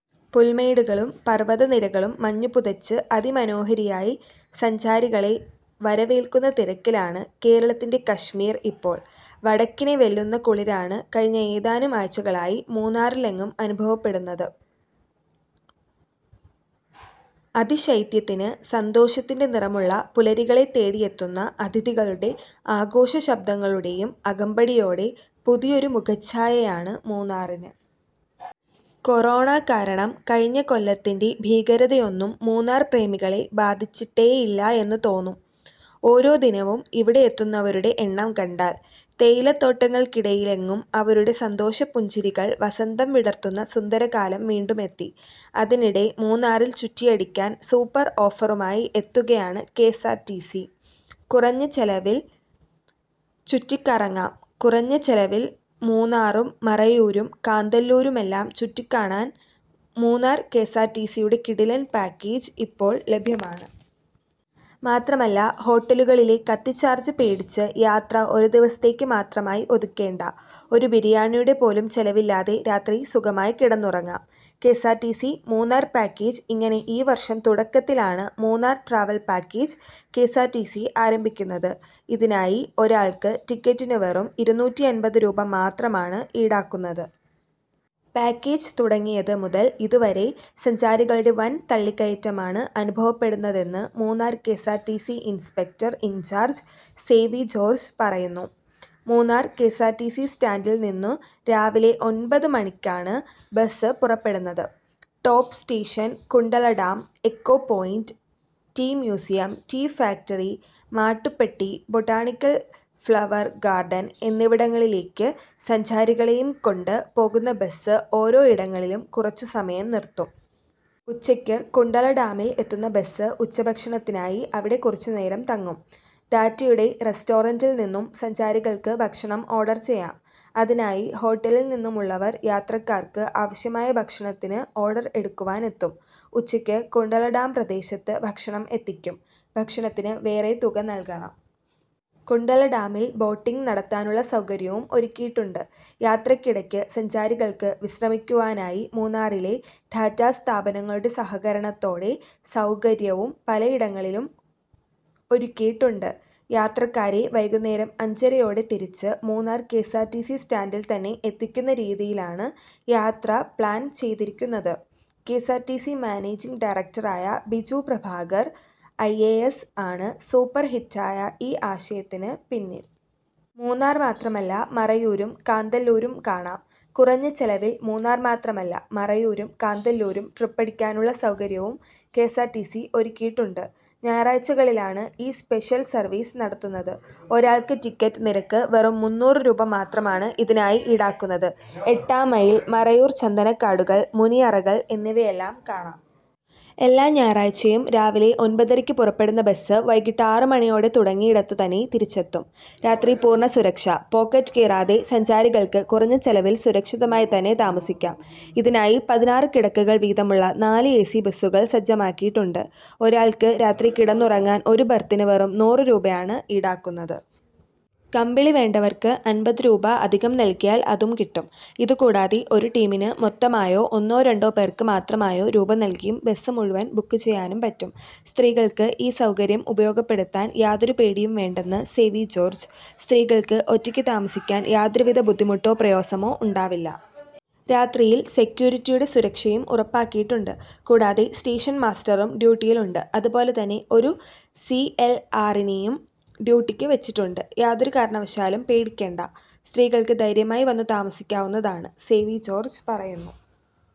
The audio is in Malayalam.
പുൽമേടുകളും പർവ്വത നിരകളും മഞ്ഞു പുതച്ച്, അതി മനോഹരിയായി സഞ്ചാരികളെ വരവേൽക്കുന്ന തിരക്കിലാണ് കേരളത്തിന്റെ കശ്മീർ ഇപ്പോൾ. വടക്കിനെ വെല്ലുന്ന കുളിരാണ് കഴിഞ്ഞ ഏതാനും ആഴ്ചകളായി മൂന്നാറിലെങ്ങും അനുഭവപ്പെടുന്നത്. അതിശൈത്യത്തിന്, സന്തോഷത്തിന്റെ നിറമുള്ള പുലരികളെ തേടിയെത്തുന്ന അതിഥികളുടെ ആഘോഷശബ്ദങ്ങളുടെയും അകമ്പടിയോടെ, പുതിയൊരു മുഖച്ഛായയാണ് മൂന്നാറിന്. കൊറോണ കാരണം കഴിഞ്ഞ കൊല്ലത്തിന്റെ ഭീകരതയൊന്നും മൂന്നാർ പ്രേമികളെ ബാധിച്ചിട്ടേയില്ല എന്ന് തോന്നും ഓരോ ദിനവും ഇവിടെയെത്തുന്നവരുടെ എണ്ണം കണ്ടാൽ. തേയിലത്തോട്ടങ്ങൾക്കിടയിലെങ്ങും അവരുടെ സന്തോഷപ്പുഞ്ചിരികൾ വസന്തം വിടർത്തുന്ന സുന്ദരകാലം വീണ്ടുമെത്തി. അതിനിടെ മൂന്നാറിൽ ചുറ്റിയടിക്കാൻ സൂപ്പർ ഓഫറുമായി എത്തുകയാണ് കെഎസ്ആർടിസി. കുറഞ്ഞ ചെലവിൽ ചുറ്റി കറങ്ങാം കുറഞ്ഞ ചെലവിൽ മൂന്നാറും മറയൂരും കാന്തല്ലൂരുമെല്ലാം ചുറ്റിക്കാണാൻ മൂന്നാർ കെഎസ്ആർടിസിയുടെ കിടിലൻ പാക്കേജ് ഇപ്പോൾ ലഭ്യമാണ്. മാത്രമല്ല, ഹോട്ടലുകളിലെ ' കത്തി ചാർജ് ' പേടിച്ച്, യാത്ര ഒരു ദിവസത്തേക്ക് മാത്രമായി ഒതുക്കേണ്ട, ഒരു ബിരിയാണിയുടെ പോലും ചെലവില്ലാതെ രാത്രി സുഖമായി കിടന്നുറങ്ങാം. കെഎസ്ആർടിസി മൂന്നാർ പാക്കേജ് ഇങ്ങനെ ഈ വർഷം തുടക്കത്തിലാണ് മൂന്നാർ ട്രാവൽ പാക്കേജ് കെഎസ്ആർടിസി ആരംഭിക്കുന്നത്. ഇതിനായി, ഒരാൾക്ക് ടിക്കറ്റിനു വെറും ഇരുനൂറ്റിഅമ്പത് രൂപ മാത്രമാണ് ഈടാക്കുന്നത്. പാക്കേജ് തുടങ്ങിയത് മുതൽ ഇതുവരെ, സഞ്ചാരികളുടെ വൻ തള്ളിക്കയറ്റമാണ് അനുഭവപ്പെടുന്നതെന്ന് Munnar KSRTC inspector in charge Sevi George പറയുന്നു. മൂന്നാർ കെഎസ്ആർടിസി സ്റ്റാൻഡിൽ നിന്നു രാവിലെ ഒൻപതു മണിക്കാണ് ബസ് പുറപ്പെടുന്നത്. Top station, Kundala dam, echo point, tea museum, tea factory, Mattupetty, botanical flower garden എന്നിവിടങ്ങളിലേക്ക് സഞ്ചാരികളെയും കൊണ്ട് പോകുന്ന ബസ് ഓരോ ഇടങ്ങളിലും കുറച്ചു സമയം നിർത്തും. ഉച്ചക്ക് കുണ്ടള ഡാമിൽ എത്തുന്ന ബസ്, ഉച്ചക്ഷഭണത്തിനായി അവിടെ കുറച്ചു നേരം തങ്ങും. ടാറ്റയുടെ റസ്റ്റോറന്റിൽ നിന്നും സഞ്ചാരികൾക്ക് ഭക്ഷണം ഓർഡർ ചെയ്യാം. അതിനായി ഹോട്ടലിൽ നിന്നുമുള്ളവർ യാത്രക്കാർക്ക് ആവശ്യമായ ഭക്ഷണത്തിന് ഓർഡർ എടുക്കുവാൻ എത്തും. ഉച്ചക്ക് കുണ്ടള ഡാം പ്രദേശത്ത് ഭക്ഷണം എത്തിക്കും. ഭക്ഷണത്തിന് വേറെ തുക നൽകണം. കുണ്ടള ഡാമിൽ ബോട്ടിങ്ങ് നടത്താനുള്ള സൗകര്യവും ഒരുക്കിയിട്ടുണ്ട്. യാത്രയ്ക്കിടക്ക് സഞ്ചാരികൾക്ക് വിശ്രമിക്കുവാനായി മൂന്നാറിലെ ടാറ്റ സ്ഥാപനങ്ങളുടെ സഹകരണത്തോടെ സൗകര്യവും പലയിടങ്ങളിലും ഒരുക്കിയിട്ടുണ്ട്. യാത്രക്കാരെ വൈകുന്നേരം അഞ്ചരയോടെ തിരിച്ചു മൂന്നാർ കെഎസ്ആർടിസി സ്റ്റാന്റിൽ തന്നെ എത്തിക്കുന്ന രീതിയിലാണ് യാത്ര പ്ലാൻ ചെയ്തിരിക്കുന്നത്.. കെഎസ്ആർടിസി മാനേജിംഗ് ഡയറക്ടറായ Biju Prabhakar I A S ആണ് സൂപ്പർഹിറ്റായ ഈ ആശയത്തിന് പിന്നിൽ. മൂന്നാർ മാത്രമല്ല, മറയൂരും കാന്തല്ലൂരും കാണാം കുറഞ്ഞ ചെലവിൽ മൂന്നാർ മാത്രമല്ല, മറയൂരും കാന്തല്ലൂരും ട്രിപ്പടിക്കാനുള്ള സൗകര്യവും കെഎസ്ആർടിസി ഒരുക്കിയിട്ടുണ്ട്. ഞായറാഴ്ചകളിലാണ് ഈ സ്പെഷ്ല് സർവീസ് നടത്തുന്നത്. ഒരാൾക്ക് ടിക്കറ്റ് നിരക്ക് വെറും മുന്നൂറ് രൂപ മാത്രമാണ് ഇതിനായി ഈടാക്കുന്നത്. എട്ടാം മൈൽ, മറയൂർ ചന്ദനക്കാടുകൾ, മുനിയറകൾ എന്നിവയെല്ലാം കാണാം. എല്ലാ ഞായറാഴ്ചയും രാവിലെ ഒമ്പതരയ്ക്ക് പുറപ്പെടുന്ന ബസ്, വൈകീട്ട് ആറു മണിയോടെ തുടങ്ങിയിടത്തു തന്നെ തിരിച്ചെത്തും. രാത്രി പൂർണ്ണ സുരക്ഷ, പോക്കറ്റ് കീറാതെ സഞ്ചാരികൾക്ക് കുറഞ്ഞ ചെലവിൽ സുരക്ഷിതമായി തന്നെ താമസിക്കാം. ഇതിനായി പതിനാറ് കിടക്കകൾ വീതമുള്ള നാല് ഏസി ബസുകൾ സജ്ജമാക്കിയിട്ടുണ്ട്. ഒരാൾക്ക് രാത്രി കിടന്നുറങ്ങാൻ, ഒരു ബെർത്തിന് വെറും നൂറ് രൂപയാണ് ഈടാക്കുന്നത്. കമ്പിളി വേണ്ടവർക്ക് അമ്പത് രൂപ അധികം നൽകിയാൽ അതും കിട്ടും. ഇതു, കൂടാതെ ഒരു ടീമിന് മൊത്തമായോ, ഒന്നോ രണ്ടോ പേർക്ക് മാത്രമായോ രൂപ നൽകിയും ബസ് മുഴുവനും ബുക്ക് ചെയ്യാനും പറ്റും. സ്ത്രീകൾക്ക് ഈ സൗകര്യം ഉപയോഗപ്പെടുത്താൻ യാതൊരു പേടിയും വേണ്ടെന്ന് സേവി ജോർജ്, " സ്ത്രീകൾക്ക് ഒറ്റയ്ക്ക് താമസിക്കാൻ യാതൊരുവിധ ബുദ്ധിമുട്ടോ പ്രയാസമോ ഉണ്ടാവില്ല. രാത്രിയിൽ സെക്യൂരിറ്റിയുടെ സുരക്ഷയും ഉറപ്പാക്കിയിട്ടുണ്ട്. കൂടാതെ സ്റ്റേഷൻ മാസ്റ്ററും ഡ്യൂട്ടിയിൽ ഉണ്ട്, അതുപോലെതന്നെ ഒരു സി എൽ ആർ നെയും ഡ്യൂട്ടിക്ക് വെച്ചിട്ടുണ്ട്. യാതൊരു കാരണവശാലും പേടിക്കണ്ട, സ്ത്രീകൾക്ക് ധൈര്യമായി വന്നു താമസിക്കാവുന്നതാണ് " സേവി ജോർജ് പറയുന്നു.